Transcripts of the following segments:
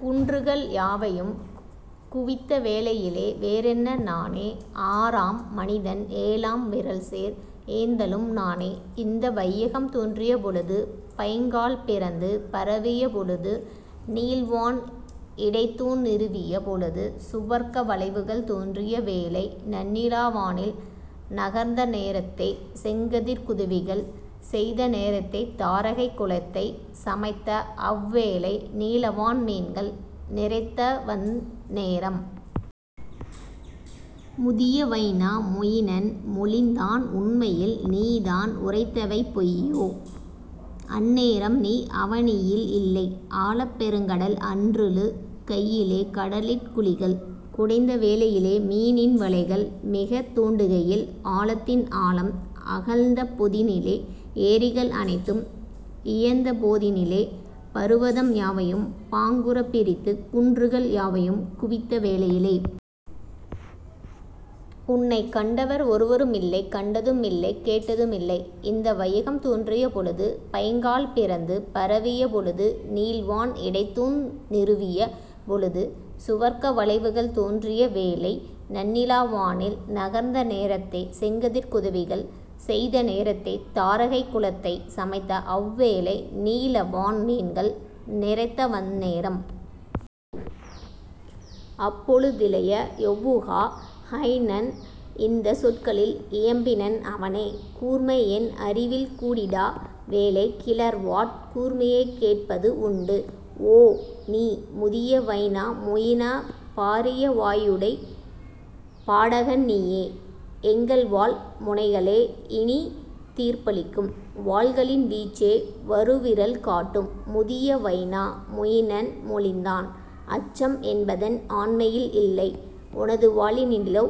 குன்றுகள் யாவையும் குவித்தவேளையிலே வேறென்ன நானே ஆறாம் மனிதன் ஏழாம் விறல்சேர் ஏந்தலும் நானே இந்த வையகம் தோன்றிய பொழுது பைங்கால் பிறந்து பரவிய பொழுது நீள்வான் இடைத்தூண் நிறுவிய பொழுது சுவர்க்க வளைவுகள் தோன்றிய வேளை நன்னிலா வானில் நகர்ந்தநேரத்தே செங்கதிர்க் குதவிகள் செய்தநேரத்தே தாரகைக் குலத்தைச் சமைத்தஅவ் வேளை நீலவான் மீன்கள் நிறைத்தவந் நேரம். முதிய வைனா மொயினன் மொழிந்தான் உண்மையில் நீதான் உரைத்தவை பொய்யே அந்நேரம்நீ அவனியில் இல்லை ஆழப் பெருங்கடல் அன்றுழு கையிலே கடலிற் குழிகள் குடைந்தவேளையிலே மீனின் வளைகள் மிகத்தோண்டுகையில் ஆழத்தின் ஆழம் அகழ்ந்தபொதினிலே ஏரிகள் அனைத்தும் இயைந்தபோதினிலே பருவதம் யாவையும் பாங்குறப் பிரித்து குன்றுகள் யாவையும் குவித்தவேளையிலே. உன்னைக் கண்டவர் ஒருவருமில்லை கண்டதுமில்லைக் கேட்டதுமில்லை இந்த வையகம் தோன்றிய பொழுது பைங்கால் பிறந்து பரவிய பொழுது நீள்வான் இடைத்தூண் நிறுவிய பொழுது சுவர்க்க வளைவுகள் தோன்றிய வேளை. நன்னிலா வானில் நகர்ந்தநேரத்தே செங்கதிர்க் குதவிகள் செய்தநேரத்தே தாரகைக் குலத்தைச் சமைத்தஅவ் வேளை நீலவான் மீன்கள் நிறைத்தவந் நேரம். அப்பொழு திளைய யொவுகா ஹைனன் இந்தச் சொற்களில் இயம்பினன் அவனே கூர்மைஎன் அறிவில் கூடிடா வேளை கிளர்வாட் கூர்மையைக் கேட்பது உண்டு ஓ, நீ முதிய வைனா மொயின பாரியவாயுடைப் பாடகன் நீயே எங்கள்வாள் முனைகளே இனித்தீர்ப்பளிக்கும் வாள்களின் வீச்சே வருவிறல் காட்டும். முதிய வைனா மொயினன் மொழிந்தான் அச்சம் என்பதென் ஆண்மையில் இல்லை உனதுவாளினிலோ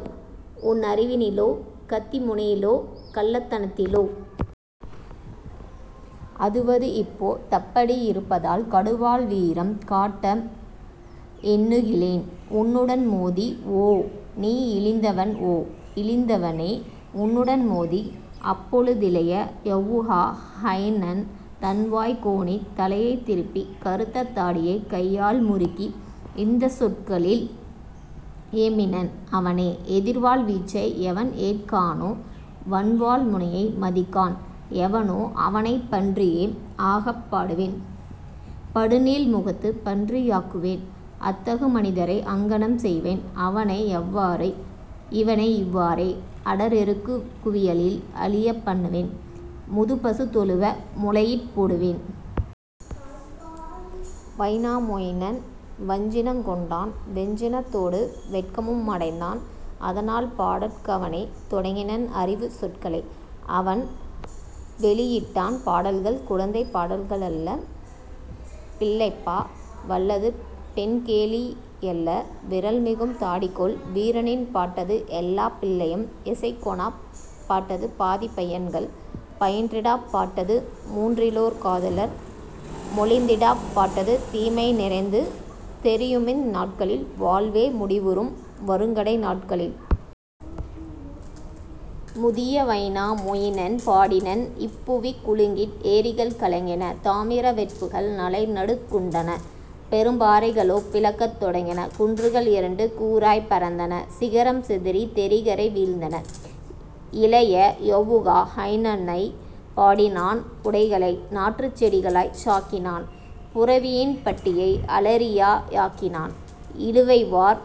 உன்னறிவினிலோ கத்திமுனையிலோ கள்ளத்தனத்திலோ. அதுவது இப்போ தப்படி யிருப்பதால் கடுவாள் வீரம் காட்டஎண்ணுகிலேன் உன்னுடன் மோதி ஓ, நீ இழிந்தவன் ஓ, இழிந்தவனே உன்னுடன் மோதி. அப்பொழு திளைய யொவுகா ஹைனன் தன்வாய் கோணித் தலையைத் திருப்பி கறுத்தத் தாடியைக் கையால் முறுக்கி இந்தச் சொற்களில் இயம்பினன் அவனே எதிர்வாள் வீச்சை எவன்ஏற்கானோ வன்வாள் முனையை மதிக்கான் எவனோ அவனைப் பன்றியே ஆகப் பாடுவேன் படுநீள் முகத்துப் பன்றி யாக்குவேன் அத்தகு மனிதரை அங்ஙனம் செய்வேன் அவனையவ்வாறே இவனையிவ்வாறே அடர்எருக்குவியலில் அழியப் பண்ணுவேன் முதுப்பசுத்தொழுவ முலையிற் போடுவேன். வைனா மொயினன் வஞ்சினங் கொண்டான் வெஞ்சினத்தோடு வெட்கமுமடைந்தான் அதனால் பாடற் கவனே தொடங்கினன் அறிவுச் சொற்களை அவன்வெளியிட்டான் பாடல்கள் குழந்தைப் பாடல்களல்ல பிள்ளைப்பா வல்லது பெண்கேலியல்ல விறல்மிகும் தாடிகொள் வீரனின் பாட்டது எல்லாப் பிள்ளையும் இசைக்கொணாப் பாட்டது பாதிப் பையன்கள் பயின்றிடாப் பாட்டது மூன்றிலோர் காதலர் மொழிந்திடாப் பாட்டது தீமை நிறைந்து தெரியுமிந் நாட்களில் வாழ்வே முடிவுறும் வறுங்கடை நாட்களில். முதிய வைனா மொயினன் பாடினன் இப்புவி குலுங்கிற் ஏரிகள் கலங்கின தாமிர வெற்புகள் தலைநடுக்குண்டன பெரும்பாறைகளோ பிளக்கத் தொடங்கின குன்றுகள் இரண்டு கூறாய்ப் பறந்தன சிகரம் சிதறித் தெரிகரை வீழ்ந்தன. இளைய யொவுகா ஹைனனைப் பாடினான் உடைகளை நாற்றுச்செடிகளாய்ச்சாக்கினான் புரவியின் பட்டியை அலரியா யாக்கினான் இழுவைவார்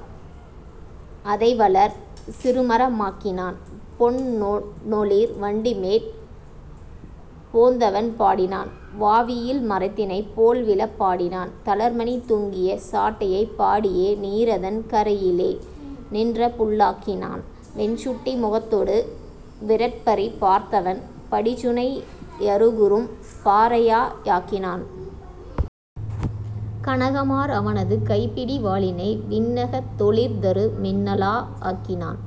அதைவளர் சிறுமரமாக்கினான் பொன்னொளிர் வண்டிமேற் போந்தவன் பாடினான் வாவியில் மரத்தினைப் போல்விழப் பாடினான் தளர்மணி தொங்கிய சாட்டையைப் பாடியே நீரதன் கரையிலே நின்றபுல்லாக்கினான் வெண்சுட்டி முகத்தொடு விறற்பரி பார்த்தவன் படிசுனை யருகுறும் பாறையா யாக்கினான். கனகமார் அவனது கைப்பிடி வாளினை விண்ணகத் தொளிர்தரு மின்னலா யாக்கினான்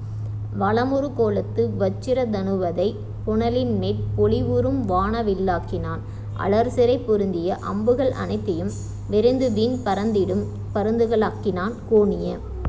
வளமுறுங் கோலத்து வச்சிர தனுவதை புனலின்மேற் பொலிவுறும் வானவில்லாக்கினான் அலர்சிறை பொருந்திய அம்புகள் அனைத்தையும் விரைந்துவிண் பறந்திடும் பருந்துகளாக்கினான் கோணிய